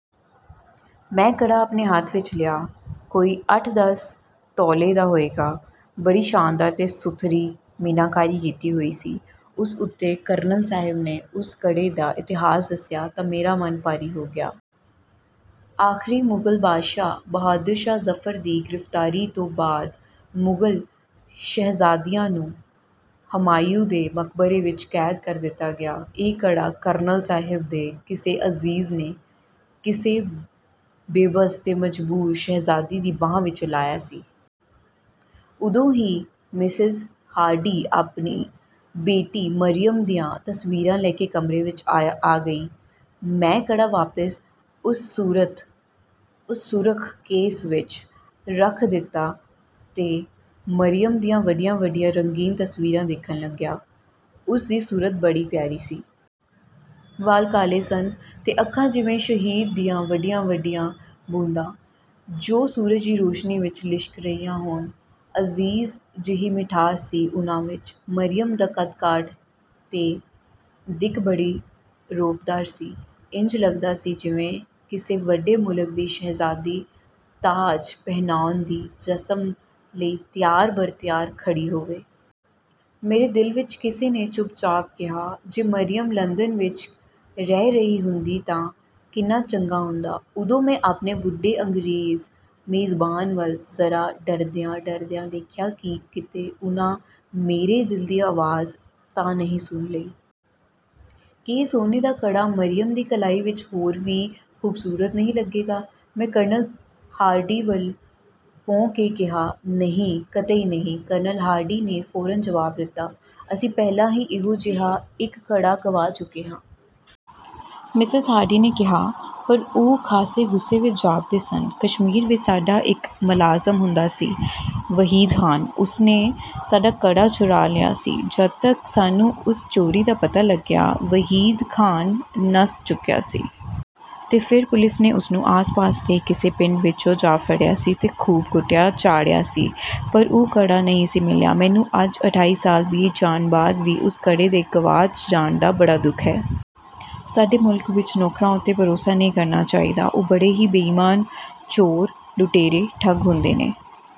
ਮੈਂ ਕੜਾ ਆਪਣੇ ਹੱਥ ਵਿੱਚ ਲਿਆ। ਕੋਈ ਅੱਠ-ਦਸ ਤੋਲੇ ਦਾ ਹੋਏਗਾ। ਬੜੀ ਸ਼ਾਨਦਾਰ ਤੇ ਸੁਥਰੀ ਮੀਨਾਕਾਰੀ ਕੀਤੀ ਹੋਈ ਸੀ ਉਸ ਉੱਤੇ। ਕਰਨਲ ਸਾਹਿਬ ਨੇ ਉਸ ਕੜੇ ਦਾ ਇਤਿਹਾਸ ਦੱਸਿਆ ਤਾਂ ਮੇਰਾ ਮਨ ਭਾਰੀ ਹੋ ਗਿਆ। ਆਖ਼ਰੀ ਮੁਗ਼ਲ ਬਾਦਸ਼ਾਹ ਬਹਾਦੁਰ ਸ਼ਾਹ ਜ਼ਫ਼ਰ ਦੀ ਗ੍ਰਿਫ਼ਤਾਰੀ ਤੋਂ ਬਾਅਦ ਮੁਗ਼ਲ ਸ਼ਹਿਜ਼ਾਦੀਆਂ ਨੂੰ ਹਮਾਯੂੰ ਦੇ ਮਕਬਰੇ ਵਿੱਚ ਕੈਦ ਕਰ ਦਿੱਤਾ ਗਿਆ ਸੀ। ਇਹ ਕੜਾ ਕਰਨਲ ਸਾਹਿਬ ਦੇ ਕਿਸੇ ਅਜ਼ੀਜ਼ ਨੇ ਕਿਸੇ ਬੇਬਸ ਤੇ ਮਜ਼ਬੂਰ ਸ਼ਹਿਜ਼ਾਦੀ ਦੀ ਬਾਂਹ ਵਿੱਚੋਂ ਲਾਹਿਆ ਸੀ। ਉਦੋਂ ਹੀ ਮਿਸੇਜ਼ ਹਾਰਡੀ ਆਪਣੀ ਬੇਟੀ ਮਰੀਅਮ ਦੀਆਂ ਤਸਵੀਰਾਂ ਲੈ ਕੇ ਕਮਰੇ ਵਿੱਚ ਆ ਗਈ। ਮੈਂ ਕੜਾ ਵਾਪਸ ਉਸ ਸੁਰਖ਼ ਕੇਸ ਵਿੱਚ ਰੱਖ ਦਿੱਤਾ ਤੇ ਮਰੀਅਮ ਦੀਆਂ ਵੱਡੀਆਂ-ਵੱਡੀਆਂ ਰੰਗੀਨ ਤਸਵੀਰਾਂ ਦੇਖਣ ਲੱਗਿਆ। ਉਸ ਦੀ ਸੂਰਤ ਬੜੀ ਪਿਆਰੀ ਸੀ। ਵਾਲ ਕਾਲੇ ਸਨ ਤੇ ਅੱਖਾਂ ਜਿਵੇਂ ਸ਼ਹਿਦ ਦੀਆਂ ਵੱਡੀਆਂ-ਵੱਡੀਆਂ ਬੂੰਦਾਂ, ਜੋ ਸੂਰਜ ਦੀ ਰੌਸ਼ਨੀ ਵਿੱਚ ਲਿਸ਼ਕ ਰਹੀਆਂ ਹੋਣ—ਅਜੀਬ ਜਿਹੀ ਮਿਠਾਸ ਸੀ ਉਹਨਾਂ ਵਿੱਚ। ਮਰੀਅਮ ਦਾ ਕੱਦ-ਕਾਠ ਤੇ ਦਿੱਖ ਬੜੀ ਰੌਬਦਾਰ ਸੀ। ਇੰਜ ਲੱਗਦਾ ਸੀ ਜਿਵੇਂ ਕਿਸੇ ਵੱਡੇ ਮੁਲਕ ਦੀ ਸ਼ਹਿਜ਼ਾਦੀ ਤਾਜ ਪਹਿਨਾਉਣ ਦੀ ਰਸਮ ਲਈ ਤਿਆਰ-ਬਰ-ਤਿਆਰ ਖੜ੍ਹੀ ਹੋਵੇ। ਮੇਰੇ ਦਿਲ ਵਿੱਚ ਕਿਸੇ ਨੇ ਚੁੱਪਚਾਪ ਕਿਹਾ, "ਜੇ ਮਰੀਅਮ ਲੰਦਨ ਵਿੱਚ ਰਹਿ ਰਹੀ ਹੁੰਦੀ ਤਾਂ ਕਿੰਨਾ ਚੰਗਾ ਹੁੰਦਾ।" ਉਦੋਂ ਮੈਂ ਆਪਣੇ ਬੁੱਢੇ ਅੰਗਰੇਜ਼ ਮੇਜ਼ਬਾਨ ਵੱਲ ਜ਼ਰਾ ਡਰਦਿਆਂ-ਡਰਦਿਆਂ ਦੇਖਿਆ ਕਿ ਕਿਤੇ ਉਹਨਾਂ ਮੇਰੇ ਦਿਲ ਦੀ ਆਵਾਜ਼ ਤਾਂ ਨਹੀਂ ਸੁਣ ਲਈ! "ਕੀ ਇਹ ਸੋਨੇ ਦਾ ਕੜਾ ਮਰੀਅਮ ਦੀ ਕਲਾਈ ਵਿੱਚ ਹੋਰ ਵੀ ਖੂਬਸੂਰਤ ਨਹੀਂ ਲੱਗੇਗਾ?" ਮੈਂ ਕਰਨਲ ਹਾਰਡੀ ਵੱਲ ਭੌਂ ਕੇ ਕਿਹਾ। "ਨਹੀਂ, ਕਤਈ ਨਹੀਂ!" ਕਰਨਲ ਹਾਰਡੀ ਨੇ ਫੌਰਨ ਜਵਾਬ ਦਿੱਤਾ, "ਅਸੀਂ ਪਹਿਲਾਂ ਹੀ ਇਹੋ-ਜਿਹਾ ਇੱਕ ਕੜਾ ਗਵਾ ਚੁੱਕੇ ਹਾਂ। ਮਿਸੇਜ਼ ਹਾਰਡੀ ਨੇ ਕਿਹਾ, ਪਰ ਉਹ ਖਾਸੇ ਗੁੱਸੇ ਵਿੱਚ ਜਾਪਦੇ ਸਨ। "ਕਸ਼ਮੀਰ ਵਿੱਚ ਸਾਡਾ ਇੱਕ ਮੁਲਾਜ਼ਮ ਹੁੰਦਾ ਸੀ... ਵਹੀਦ ਖ਼ਾਨ। ਉਸਨੇ ਸਾਡਾ ਕੜਾ ਚੁਰਾ ਲਿਆ ਸੀ। ਜਦ ਤਕ ਸਾਨੂੰ ਉਸ ਚੋਰੀ ਦਾ ਪਤਾ ਲੱਗਿਆ, ਵਹੀਦ ਖ਼ਾਨ ਨੱਸ ਚੁੱਕਿਆ ਸੀ... ਤੇ ਫੇਰ ਪੁਲਿਸ ਨੇ ਉਸਨੂੰ ਆਸ-ਪਾਸ ਦੇ ਕਿਸੇ ਪਿੰਡ ਵਿੱਚੋਂ ਜਾ ਫੜਿਆ ਸੀ ਤੇ ਖ਼ੂਬ ਕੁਟਾਪਾ ਚਾੜ੍ਹਿਆ ਸੀ—ਪਰ ਉਹ ਕੜਾ ਨਹੀਂ ਸੀ ਮਿਲਿਆ। ਮੈਨੂੰ ਅੱਜ ਅਠਾਈ ਸਾਲ ਬੀਤ ਜਾਣ ਬਾਅਦ ਵੀ ਉਸ ਕੜੇ ਦੇ ਗਵਾਚ ਜਾਣ ਦਾ ਬੜਾ ਦੁੱਖ ਹੈ। ਤੁਹਾਡੇ ਮੁਲਕ ਵਿੱਚ ਨੌਕਰਾਂ ਉੱਤੇ ਭਰੋਸਾ ਨਹੀਂ ਕਰਨਾ ਚਾਹੀਦਾ। ਉਹ ਬੜੇ ਹੀ ਬੇਈਮਾਨ, ਚੋਰ, ਲੁਟੇਰੇ, ਠੱਗ... ਹੁੰਦੇ ਨੇ।"